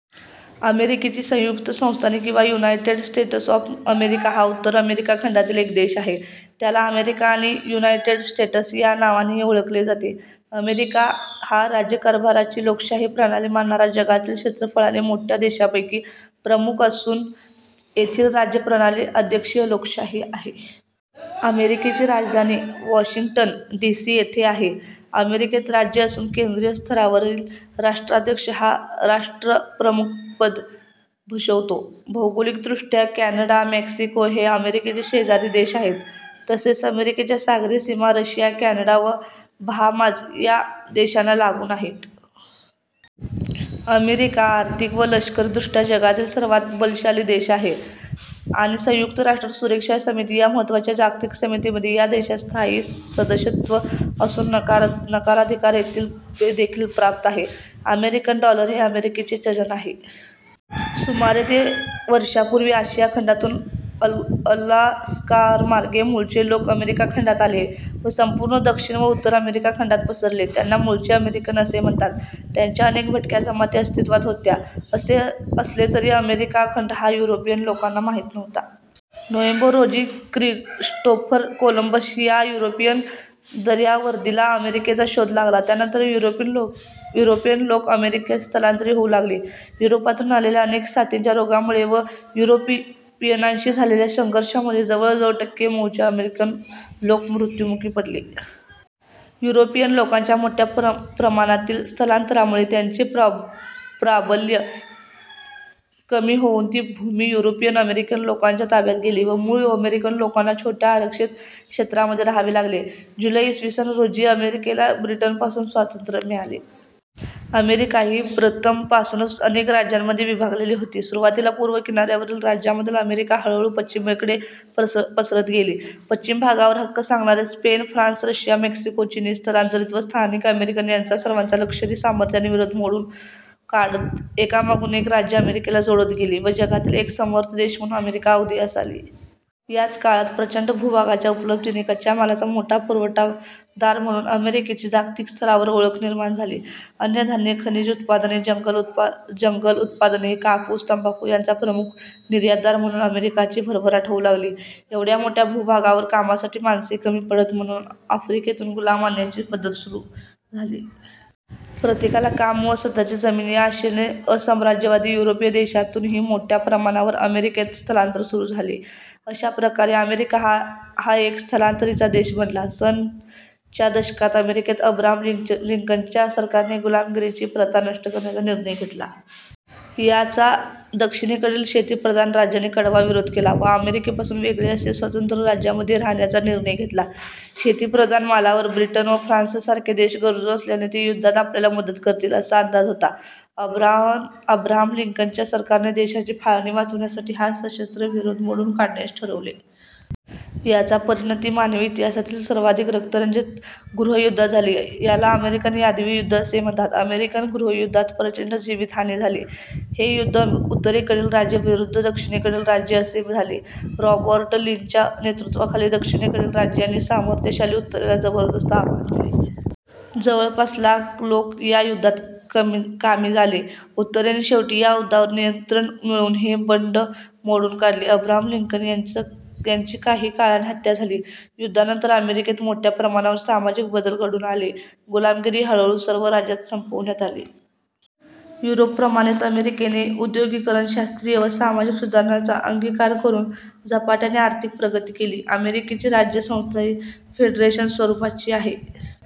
अमेरिकेची संयुक्त संस्थाने किंवा युनायटेड स्टेट्स ऑफ अमेरिका हा उत्तर अमेरिका खंडातील एक देश आहे. त्याला अमेरिका आणि युनायटेड स्टेट्स या नावानींही ओळखले जाते. अमेरिका हा राज्यकारभाराची लोकशाही प्रणाली मानणारा जगातील क्षेत्रफळाने मोठ्या देशांपैकी प्रमुख असून येथील राज्यप्रणाली 'अध्यक्षीय लोकशाही' आहे. अमेरिकेची राजधानी 'वॉशिंग्टन डी. सी. ' येथे आहे. अमेरिकेत राज्ये असून केंद्रीय स्तरावरील राष्ट्राध्यक्ष हा राष्ट्रप्रमुखपद भूषवतो. भौगोलिकदृष्ट्या कॅनडा, मेक्सिको हे अमेरिकेचे शेजारी देश आहेत, तसेच अमेरिकेच्या सागरी सीमा रशिया, कॅनडा व बहामाज् ह्या देशांना लागून आहेत. अमेरिका आर्थिक व लष्करीदृष्ट्या जगातील सर्वांत बलशाली देश आहे आणि संयुक्त राष्ट्र सुरक्षा समिती या महत्त्वाच्या जागतिक समितीमध्ये या देशास स्थायी सदस्यत्व असून नकाराधिकार देखील प्राप्त आहे. अमेरिकन डॉलर हे अमेरिकेचे चलन आहे. सुमारे ते वर्षांपूर्वी, आशिया खंडातून अलास्कामार्गे मूळचे लोक अमेरिका खंडात आले व संपूर्ण दक्षिण व उत्तर अमेरिका खंडात पसरले. त्यांना मूळचे अमेरिकन असे म्हणतात. त्यांच्या अनेक भटक्या जमाती अस्तित्वात होत्या. असे असले तरी अमेरीका खंड हा युरोपियन लोकांना माहित नव्हता. नोव्हेंबर रोजी क्रिस्टोफर कोलंबस या युरोपियन दर्यावर्दीला अमेरिकेचा शोध लागला. त्यानंतर युरोपियन लोक अमेरिकेत स्थलांतरित होऊ लागले. युरोपातून आलेल्या अनेक साथीच्या रोगांमुळे व युरोपियनांशी झालेल्या संघर्षांमध्ये जवळजवळ टक्के मूळचे अमेरिकन लोक मृत्युमुखी पडले. युरोपियन लोकांच्या मोठ्या प्रमाणातील स्थलांतरामुळे त्यांचे प्राबल्य कमी होऊन ती भूमी युरोपियन अमेरिकन लोकांच्या ताब्यात गेली व मूळ अमेरिकन लोकांना छोट्या आरक्षित क्षेत्रांमध्ये राहावे लागले. जुलै, इ. स. रोजी अमेरिकेला ब्रिटनपासून स्वातंत्र्य मिळाले. अमेरिका ही प्रथमपासूनच अनेक राज्यांमध्ये विभागलेली होती. सुरुवातीला पूर्व किनाऱ्यावरील राज्यांमधील अमेरिका हळूहळू पश्चिमेकडे प्रसरत गेली. पश्चिम भागावर हक्क सांगणारे, स्पेन, फ्रान्स, रशिया, मेक्सिको, चिनी स्थलांतरित व स्थानिक अमेरिकन यांचा सर्वांचा लष्करी सामर्थ्याने विरोध मोडून काढत एकामागून एक राज्ये अमेरिकेला जोडत गेली व जगातील एक समर्थ देश म्हणून अमेरिका उदयास आली. याच काळात प्रचंड भूभागाच्या उपलब्धीने कच्च्या मालाचा मोठा पुरवठादार म्हणून अमेरिकेची जागतिक स्तरावर ओळख निर्माण झाली. अन्नधान्ये, खनिज उत्पादने, जंगल उत्पादने, कापूस, तंबाखू यांचा प्रमुख निर्यातदार म्हणून अमेरिकाची भरभराट होऊ लागली. एवढ्या मोठ्या भूभागावर कामासाठी माणसे कमी पडत म्हणून आफ्रिकेतून गुलाम आणण्याची पद्धत सुरू झाली. प्रत्येकाला काम व स्वतःची जमीन या आशेने असाम्राज्यवादी युरोपीय देशातूनही मोठ्या प्रमाणावर अमेरिकेत स्थलांतर सुरू झाले. अशा प्रकारे अमेरिका हा एक स्थलांतरितांचा देश बनला. सन च्या दशकात अमेरिकेत अब्राहम लिंकनच्या सरकारने गुलामगिरीची प्रथा नष्ट करण्याचा निर्णय घेतला. याचा दक्षिणेकडील शेतीप्रधान राज्यांनी कडवा विरोध केला व अमेरिकेपासून वेगळे असे स्वतंत्र राज्यांमध्ये रहाण्याचा निर्णय घेतला. शेतीप्रधान मालावर ब्रिटन व फ्रान्ससारखे देश गरजू असल्याने ते युद्धात आपल्याला मदत करतील असा अंदाज होता. अब्राहम लिंकनच्या सरकारने देशाची फाळणी वाचवण्यासाठी हा सशस्त्र विरोध मोडून काढण्याचे ठरवले. याचा परिणती मानवी इतिहासातील सर्वाधिक रंक्तरंजित गृहयुद्धात झाली. याला अमेरिकन यादवी युद्ध असे म्हणतात. अमेरिकन गृहयुद्धात प्रचंड जीवित हानी झाली. हे युद्ध उत्तरेकडील राज्ये विरुद्ध दक्षिणेकडील राज्ये असे झाले. रॉबर्ट लींच्या नेतृत्वाखाली दक्षिणेकडील राज्यांनी सामर्थ्यशाली उत्तरेला जबरदस्त आव्हान दिले. जवळपास लाख लोक या युद्धात कामी आले. उत्तरेने शेवटी या युद्धावर नियंत्रण मिळवून हे बंड मोडून काढले. अब्राहम लिंकन यांची काही काळाने हत्या झाली. युद्धानंतर अमेरिकेत मोठ्या प्रमाणावर सामाजिक बदल घडून आले. गुलामगिरी हळूहळू सर्व राज्यांत संपवण्यात आली. युरोपप्रमाणेच अमेरिकेने उद्योगीकरण ,शास्त्रीय व सामाजिक सुधारणांचा अंगिकार करून झपाट्याने आर्थिक प्रगती केली. अमेरिकची राज्य संस्था ही फेडरेशन स्वरूपाची आहे.